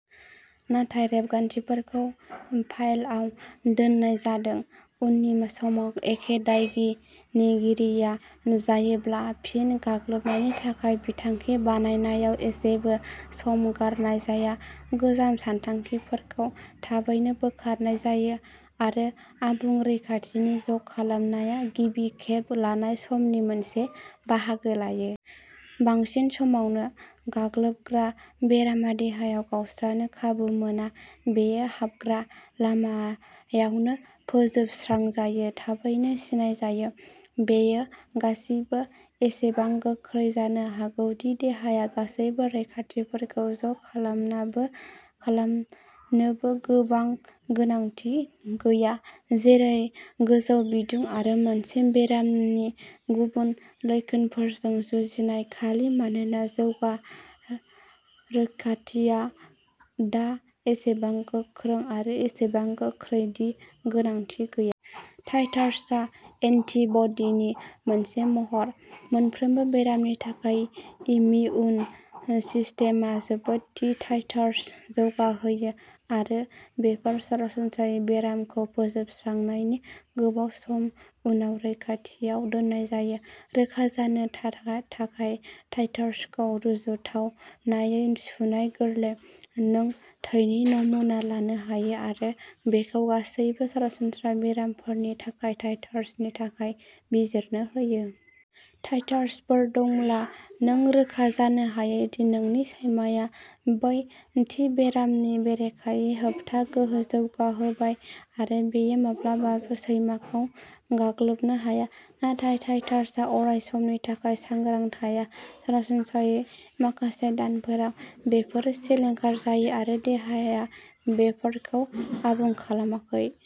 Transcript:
नाथाय रेबगान्थिफोरखौ फाइलाव दोननाय जादों। उननि समाव एखे दायनिगिरिआ नुजायोब्ला, फिन गाग्लोबनायनि थाखाय बिथांखि बानायनायाव जेबो सम गारनाय जाया-गोजाम सानथांखिफोरखौ थाबैनो बोखारनाय जायो, आरो आबुं रैखाथिनि ज'खालामनाया गिबि खेब लानाय समनि मोनसे बाहागो लायो। बांसिन समावनो, गाग्लोबग्रा बेरामा देहायाव गावस्रानो खाबु मोना-बेयो हाबग्रा लामायावनो फोजोबस्रांजायो, थाबैनो सिनायजायो! बेयो गासिबो एसेबां गोख्रै जानो हागौ दि देहाया गासैबो रैखाथिफोरखौ ज'खालामनोबो गोनांथि गैया, जेरै गोजौ बिदुं आरो मोनसे बेरामनि गुबुन लैखोनफोरजों जुजिनाय-खालि मानोना जौगा रैखाथिआ दा एसेबां गोख्रों आरो एसेबां गोख्रै दि गोनांथि गैया! टाइटार्सआ "एन्टि-बडी" नि मोनसे महर। मोनफ्रोमबो बेरामनि थाखाय, इमिउन सिस्टेमआ जोबोद थि टाइटार्स जौगाहोयो, आरो बेफोर सरासनस्रायै बेरामखौ फोजोबस्रांनायनि गोबाव सम उनाव रैखाथिआव दोननाय जायो। रोखा जानो थाखाय। टाइटार्सखौ रुजुथावनायै सुनाय गोरलै। नों थैनि नमुना लानो हायो आरो बेखौ गासैबो सरासनस्रा बेरामफोरनि थाखाय टाइटार्सनि थाखाय बिजिरनो हायो। टाइटार्सफोर दंब्ला, नों रोखा जानो हायो दि नोंनि सैमाया बै थि बेरामनि बेरेखायै होबथा गोहो जौगाहोबाय-आरो बेयो माब्लाबाबो सैमाखौ गाग्लोबनो हाया। नाथाय टाइटार्सआ अरायसमनि थाखाय सांग्रां थाया। सरासनस्रायै, माखासे दानफोराव, बेफोरो सिलिंखार जायो, आरो देहाया बेफोरखौ आबुं खालामाखै।